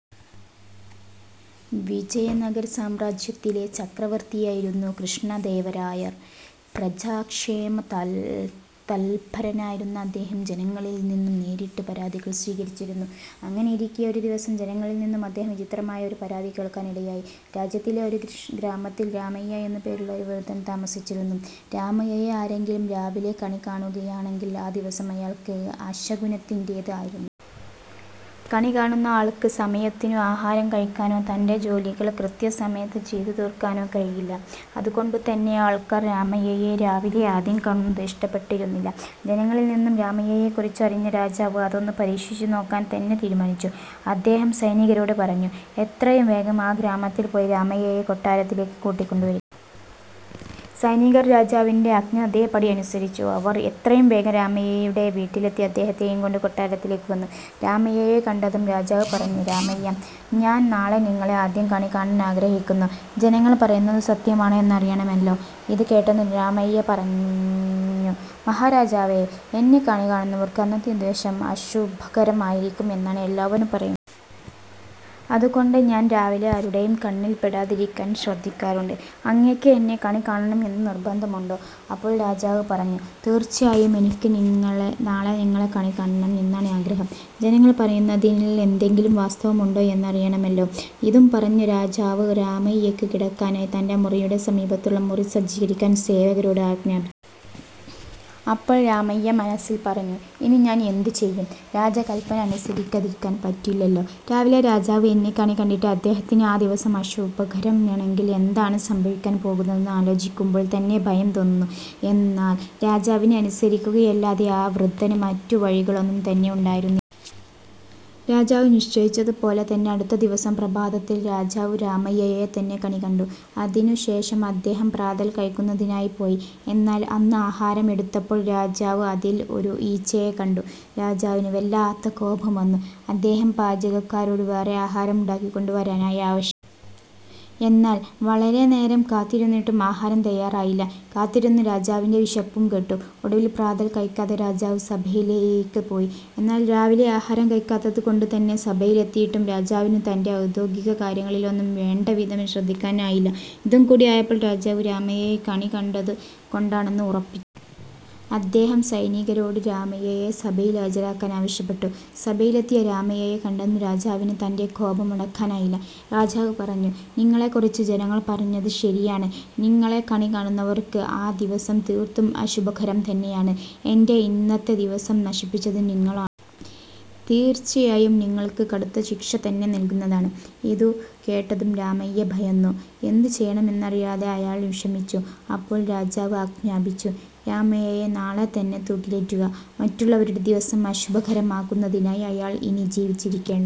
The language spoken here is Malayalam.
വിജയനഗര സാമ്രാജ്യത്തിലെ ചക്രവർത്തിയായിരുന്നു കൃഷ്ണദേവരായർ. പ്രജാക്ഷേമ തല്പരനായിരുന്ന അദ്ദേഹം ജനങ്ങളിൽ നിന്നും നേരിട്ട് പരാതികൾ സ്വീകരിച്ചിരുന്നു. അങ്ങനെയിരിക്കെ ഒരു ദിവസം ജനങ്ങളിൽ നിന്നും അദ്ദേഹം വിചിത്രമായ ഒരു പരാതി കേൾക്കാൻ ഇടയായി. രാജ്യത്തിലെ ഒരു ഗ്രാമത്തിൽ രാമയ്യ എന്നു പേരുള്ള ഒരു വൃദ്ധൻ താമസിച്ചിരുന്നു. രാമയ്യയെ ആരെങ്കിലും രാവിലെ കണി കാണുകയാണെങ്കിൽ ആ ദിവസം അയാൾക്ക് അശകുനത്തിന്റേത് ആയിരിക്കും. കണികാണുന്ന ആൾക്ക് സമയത്തിനു ആഹാരം കഴിക്കാനോ തന്റെ ജോലികൾ കൃത്യസമയത്ത് ചെയ്തു തീർക്കാനോ കഴിയില്ല. അതുകൊണ്ടു തന്നെ ആൾക്കാർ രാമയ്യയെ രാവിലെ ആദ്യം കാണുന്നത് ഇഷ്ടപ്പെട്ടിരുന്നില്ല. ജനങ്ങളിൽ നിന്നും രാമയ്യയെക്കുറിച്ചു അറിഞ്ഞ രാജാവ് അതൊന്നു പരീക്ഷിച്ചു നോക്കാൻ തന്നെ തീരുമാനിച്ചു. അദ്ദേഹം സൈനികരോട് പറഞ്ഞു "എത്രയും വേഗം ആ ഗ്രാമത്തിൽ പോയി രാമയ്യയെ കൊട്ടാരത്തിലേക്ക് കൂട്ടിക്കൊണ്ടു വരുക. " സൈനികർ രാജാവിന്റെ ആജ്ഞ അതേപടി അനുസരിച്ചു. അവർ എത്രയും വേഗം രാമയ്യയുടെ വീട്ടിലെത്തി അദ്ദേഹത്തെയും കൊണ്ട് കൊട്ടാരത്തിലേക്കു വന്നു. രാമയ്യയെ കണ്ടതും രാജാവ് പറഞ്ഞു "രാമയ്യ, ഞാൻ നാളെ നിങ്ങളെ ആദ്യം കണി കാണാൻ ആഗ്രഹിക്കുന്നു. ജനങ്ങൾ പറയുന്നത് സത്യമാണോ എന്നറിയണമല്ലോ. " ഇത് കേട്ടതും രാമയ്യ പറഞ്ഞു "മഹാരാജാവേ, എന്നെ കണി കാണുന്നവർക്ക് അന്നത്തെ ദിവസം അശുഭകരം ആയിരിക്കും എന്നാണ് എല്ലാവരും പറയുന്നത്. അതുകൊണ്ട് ഞാൻ രാവിലെ ആരുടേയും കണ്ണിൽ പെടാതിരിക്കാൻ ശ്രദ്ധിക്കാറുണ്ട്. അങ്ങേയ്ക്ക് എന്നെ കണി കാണണം എന്ന് നിർബന്ധമുണ്ടോ? " അപ്പോൾ രാജാവ് പറഞ്ഞു "തീർച്ചയായും എനിക്ക് നാളെ നിങ്ങളെ കണി കാണണം എന്നാണ് ആഗ്രഹം. ജനങ്ങൾ പറയുന്നതിൽ എന്തെങ്കിലും വാസ്തവമുണ്ടോ എന്നറിയണമല്ലോ? ഇതും പറഞ്ഞു രാജാവ് രാമയ്യക്ക് കിടക്കാനായി തന്റെ മുറിയുടെ സമീപത്തുള്ള മുറി സജ്ജീകരിക്കാൻ സേവകരോട് ആജ്ഞാപിച്ചു. അപ്പോൾ രാമയ്യ മനസ്സിൽ പറഞ്ഞു "ഇനി ഞാൻ എന്ത് ചെയ്യും? രാജകല്പന അനുസരിക്കാതിരിക്കാനും പറ്റില്ലല്ലോ. രാവിലെ രാജാവ് എന്നെ കണി കണ്ടിട്ട് അദ്ദേഹത്തിന് ആ ദിവസം അശുഭകരം ആണെങ്കിൽ എന്താണ് സംഭവിക്കാൻ പോകുന്നതെന്ന് ആലോചിക്കുമ്പോൾ തന്നെ ഭയം തോന്നുന്നു. " എന്നാൽ രാജാവിനെ അനുസരിക്കുകയല്ലാതെ ആ വൃദ്ധന് മറ്റു വഴികളൊന്നും തന്നെ ഉണ്ടായിരുന്നില്ല. രാജാവ് നിശ്ചയിച്ചതു പോലെ തന്നെ അടുത്ത ദിവസം പ്രഭാതത്തിൽ രാജാവ് രാമയ്യയെ തന്നെ കണി കണ്ടു. അതിനു ശേഷം അദ്ദേഹം പ്രാതൽ കഴിക്കുന്നതിനായി പോയി. എന്നാൽ അന്ന് ആഹാരം എടുത്തപ്പോൾ രാജാവ് അതിൽ ഒരു ഈച്ചയെ കണ്ടു. രാജാവിന് വല്ലാത്ത കോപം വന്നു. അദ്ദേഹം പാചകക്കാരോട് വേറെ ആഹാരം ഉണ്ടാക്കി കൊണ്ടുവരുവാനായി ആവശ്യപ്പെട്ടു. എന്നാൽ വളരെ നേരം കാത്തിരുന്നിട്ടും ആഹാരം തയ്യാറായില്ല. കാത്തിരുന്ന് രാജാവിന്റെ വിശപ്പും കെട്ടു. ഒടുവിൽ പ്രാതൽ കഴിക്കാതെ രാജാവ് സഭയിലേക്ക് പോയി. എന്നാൽ രാവിലെ ആഹാരം കഴിക്കാത്തത് കൊണ്ടു തന്നെ സഭയിലെത്തിയിട്ടും രാജാവിന് തന്റെ ഔദ്യോഗിക കാര്യങ്ങളിലൊന്നും വേണ്ടവിധം ശ്രദ്ധിക്കാൻ ആയില്ല. ഇതും കൂടി ആയപ്പോൾ രാജാവ് രാമയ്യയെ കണി കണ്ടതു കൊണ്ടാണെന്ന് ഉറപ്പിച്ചു. അദ്ദേഹം സൈനികരോട് രാമയ്യയെ സഭയിൽ ഹാജരാക്കാൻ ആവശ്യപ്പെട്ടു. സഭയിലെത്തിയ രാമയ്യയെ കണ്ടതും രാജാവിന് തന്റെ കോപം അടക്കാനായില്ല. രാജാവ് പറഞ്ഞു "നിങ്ങളെ കുറിച്ച് ജനങ്ങൾ പറഞ്ഞത് ശരിയാണ്. നിങ്ങളെ കണി കാണുന്നവർക്ക് ആ ദിവസം തീർത്തും അശുഭകരം തന്നെയാണ്. എന്റെ ഇന്നത്തെ ദിവസം നശിപ്പിച്ചത് നിങ്ങളാണ്. തീർച്ചയായും നിങ്ങൾക്ക് കടുത്ത ശിക്ഷ തന്നെ നൽകുന്നതാണ്. " ഇതു കേട്ടതും രാമയ്യ ഭയന്നു. എന്ത് ചെയ്യണം എന്നറിയാതെ അയാൾ വിഷമിച്ചു. അപ്പോൾ രാജാവ് ആജ്ഞാപിച്ചു "രാമയ്യയെ നാളെ തന്നെ തൂക്കിലേറ്റുക. മറ്റുള്ളവരുടെ ദിവസം അശുഭകരം ആക്കുന്നതിനായി അയാൾ ഇനി ജീവിച്ചിരിക്കേണ്ട.